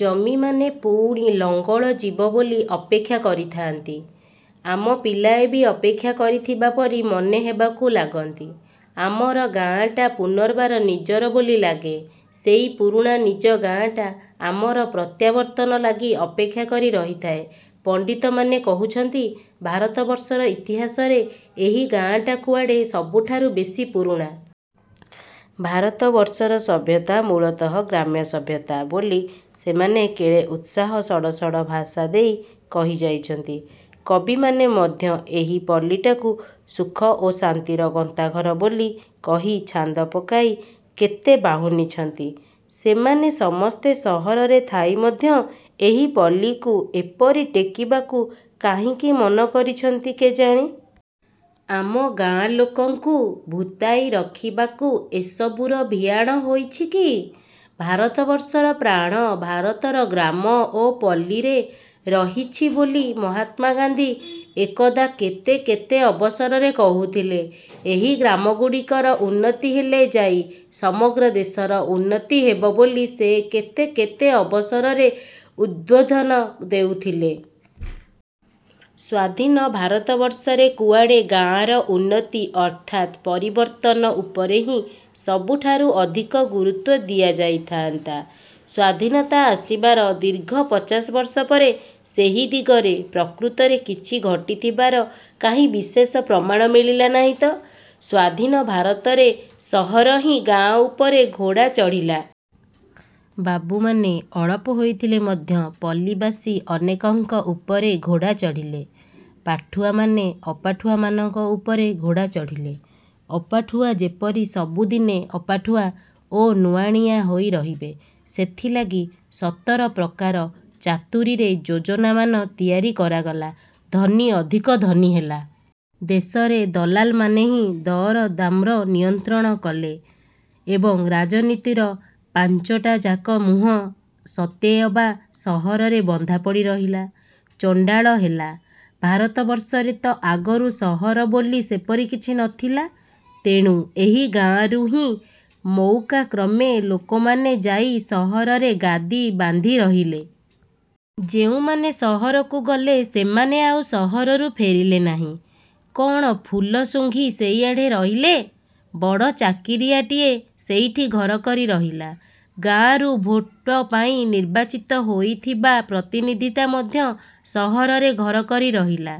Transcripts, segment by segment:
ଜମିମାନେ ପୁଣି ଲଙ୍ଗଳ ଯିବ ବୋଲି ଅପେକ୍ଷା କରିଥାନ୍ତି, ଆମ ପିଲାଏ ବି ଅପେକ୍ଷା କରିଥିବା ପରି ମନେ ହେବାକୁ ଲାଗନ୍ତି। ଆମର ଗାଆଁଟା ପୁନର୍ବାର ନିଜର ବୋଲି ଲାଗେ, ସେଇ ପୁରୁଣା ନିଜ ଗାଆଁଟା, ଆମର ପ୍ରତ୍ୟାବର୍ତ୍ତନ ଲାଗି ଅପେକ୍ଷା କରି ରହିଥାଏ। ପଣ୍ଡିତମାନେ କହୁଛନ୍ତି, ଭାରତବର୍ଷର ଇତିହାସରେ ଏହି ଗାଆଁଟା କୁଆଡ଼େ ସବୁଠାରୁ ବେଶୀ ପୁରୁଣା। ଭାରତବର୍ଷର ସଭ୍ୟତା ମୂଳତଃ ଗ୍ରାମସଭ୍ୟତା ବୋଲି ସେମାନେ କେଡ଼େ ଉତ୍ସାହ-ସଡ଼ସଡ଼ ଭାଷା ଦେଇ କହିଯାଇଛନ୍ତି। କବିମାନେ ମଧ୍ୟ ଏହି ପଲ୍ଲୀଟାକୁ ସୁଖ ଓ ଶାନ୍ତିର ଗନ୍ତାଘର ବୋଲି କହି ଛାନ୍ଦ ପକାଇ କେତେ ବାହୁନିଛନ୍ତି। ସେମାନେ ସମସ୍ତେ ସହରରେ ଥାଇ ମଧ୍ୟ ଏହି ପଲ୍ଲୀକୁ ଏପରି ଟେକିବାକୁ କାହିଁକି ମନ କରିଛନ୍ତି କେଜାଣି? ଆମ ଗାଆଁଲୋକଙ୍କୁ ଭୂତାଇ ରଖିବାକୁ ଏସବୁର ଭିଆଣ ହୋଇଛି କି? ଭାରତବର୍ଷର ପ୍ରାଣ ଭାରତର ଗ୍ରାମ ଓ ପଲ୍ଲୀରେ ରହିଛି ବୋଲି ମହାତ୍ମା ଗାନ୍ଧୀ ଏକଦା କେତେ କେତେ ଅବସରରେ କହୁଥିଲେ। ଏହି ଗ୍ରାମଗୁଡ଼ିକର ଉନ୍ନତି ହେଲେ ଯାଇ ସମଗ୍ର ଦେଶର ଉନ୍ନତି ହେବ ବୋଲି ସେ କେତେ କେତେ ଅବସରରେ ଉଦ୍ବୋଧନ ଦେଉଥିଲେ। ସ୍ୱାଧୀନ ଭାରତବର୍ଷରେ କୁଆଡ଼େ ଗାଆଁର ଉନ୍ନତି ଅର୍ଥାତ୍ ପରିବର୍ତ୍ତନ ଉପରେ ହିଁ ସବୁଠାରୁ ଅଧିକ ଗୁରୁତ୍ୱ ଦିଆଯାଇଥାନ୍ତା। ସ୍ଵାଧୀନତା ଆସିବାର ଦୀର୍ଘ ପଚାଶ ବର୍ଷ ପରେ ସେହି ଦିଗରେ ପ୍ରକୃତରେ କିଛି ଘଟିଥିବାର କାହିଁ ବିଶେଷ ପ୍ରମାଣ ମିଳିଲା ନାହିଁ ତ? ସ୍ୱାଧୀନ ଭାରତରେ ସହର ହିଁ ଗାଁ ଉପରେ ଘୋଡ଼ା ଚଢ଼ିଲା। ବାବୁମାନେ ଅଳପ ହୋଇଥିଲେ ମଧ୍ୟ ପଲ୍ଲୀବାସୀ ଅନେକଙ୍କ ଉପରେ ଘୋଡ଼ା ଚଢ଼ିଲେ। ପାଠୁଆମାନେ ଅପାଠୁଆମାନଙ୍କ ଉପରେ ଘୋଡ଼ା ଚଢ଼ିଲେ। ଅପାଠୁଆ ଯେପରି ସବୁଦିନେ ଅପାଠୁଆ ଓ ନୁଆଁଣିଆ ହୋଇ ରହିବେ, ସେଥିଲାଗି ସତର ପ୍ରକାର ଚାତୁରୀରେ ଯୋଜନାମାନ ତିଆରି କରାଗଲା। ଧନୀ ଅଧିକ ଧନୀ ହେଲା। ଦେଶରେ ଦଲାଲମାନେ ହିଁ ଦରଦାମ୍ର ନିୟନ୍ତ୍ରଣ କଲେ ଏବଂ ରାଜନୀତିର ପାଂଚଟାଯାକ ମୁହଁ ସତେଅବା ସହରରେ ବନ୍ଧାପଡ଼ି ରହିଲା। ଚଣ୍ଡାଳ ହେଲା। ଭାରତବର୍ଷରେ ତ ଆଗରୁ ସହର ବୋଲି ସେପରି କିଛି ନଥିଲା। ତେଣୁ ଏହି ଗାଁରୁ ହିଁ ମଉକାକ୍ରମେ ଲୋକମାନେ ଯାଇ ସହରରେ ଗାଦୀ ବାନ୍ଧି ରହିଲେ। ଯେଉଁମାନେ ସହରକୁ ଗଲେ, ସେମାନେ ଆଉ ସହରରୁ ଫେରିଲେ ନାହିଁ। କ'ଣ ଫୁଲ ସୁଂଘି ସେଇଆଡ଼େ ରହିଲେ। ବଡ଼ ଚାକିରିଆଟିଏ ସେଇଠି ଘର କରି ରହିଲା। ଗାଆଁରୁ ଭୋଟ ପାଇ ନିର୍ବାଚିତ ହୋଇଥିବା ପ୍ରତିନିଧିଟା ମଧ୍ୟ ସହରରେ ଘର କରି ରହିଲା,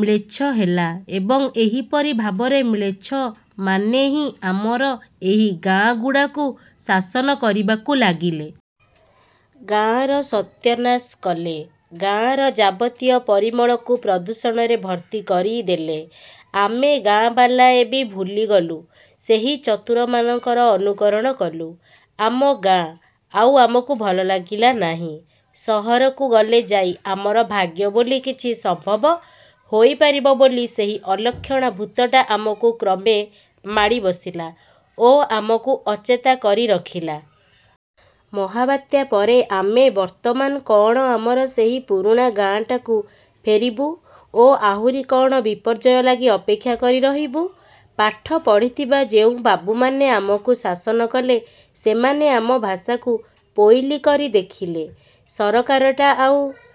ମ୍ଲେଚ୍ଛ ହେଲା ଏବଂ ଏହିପରି ଭାବରେ ମ୍ଲେଚ୍ଛମାନେ ହିଁ ଆମର ଏହି ଗାଆଁଗୁଡ଼ାକୁ ଶାସନ କରିବାକୁ ଲାଗିଲେ। ଗାଆଁର ସତ୍ୟାନାଶ କଲେ। ଗାଆଁର ଯାବତୀୟ ପରିମଳକୁ ପ୍ରଦୂଷଣରେ ଭର୍ତ୍ତି କରି। ଦେଲେ। ଆମେ ଗାଆଁବାଲାଏ ବି ଭୁଲି ଗଲୁ। ସେହି ଚତୁରମାନଙ୍କର ଅନୁକରଣ କଲୁ। ଆମ ଗାଆଁ ଆଉ ଆମକୁ ଭଲ ଲାଗିଲା ନାହିଁ। ସହରକୁ ଗଲେ ଯାଇ ଆମର ଭାଗ୍ୟ ବୋଲି କିଛି ସମ୍ଭବ ହୋଇ ପାରିବ ବୋଲି ସେହି ଅଲକ୍ଷଣା ଭୂତଟା ଆମକୁ କ୍ରମେ ମାଡ଼ି ବସିଲା ଓ ଆମକୁ ଅଚେତା କରି ରଖିଲା। ମହାବାତ୍ୟା ପରେ ଆମେ ବର୍ତ୍ତମାନ କ'ଣ ଆମର ସେହି ପୁରୁଣା ଗାଆଁଟାକୁ ଫେରିବୁ ଓ ଆହୁରି କ'ଣ ବିପର୍ଯ୍ୟୟ ଲାଗି ଅପେକ୍ଷା କରି ରହିବୁ? ପାଠ ପଢ଼ିଥିବା ଯେଉଁ ବାବୁମାନେ ଆମକୁ ଶାସନ କଲେ, ସେମାନେ ଆମ ଭାଷାକୁ ପୋଇଲୀ କରି ଦେଖିଲେ। ସରକାରଟା ଆଉ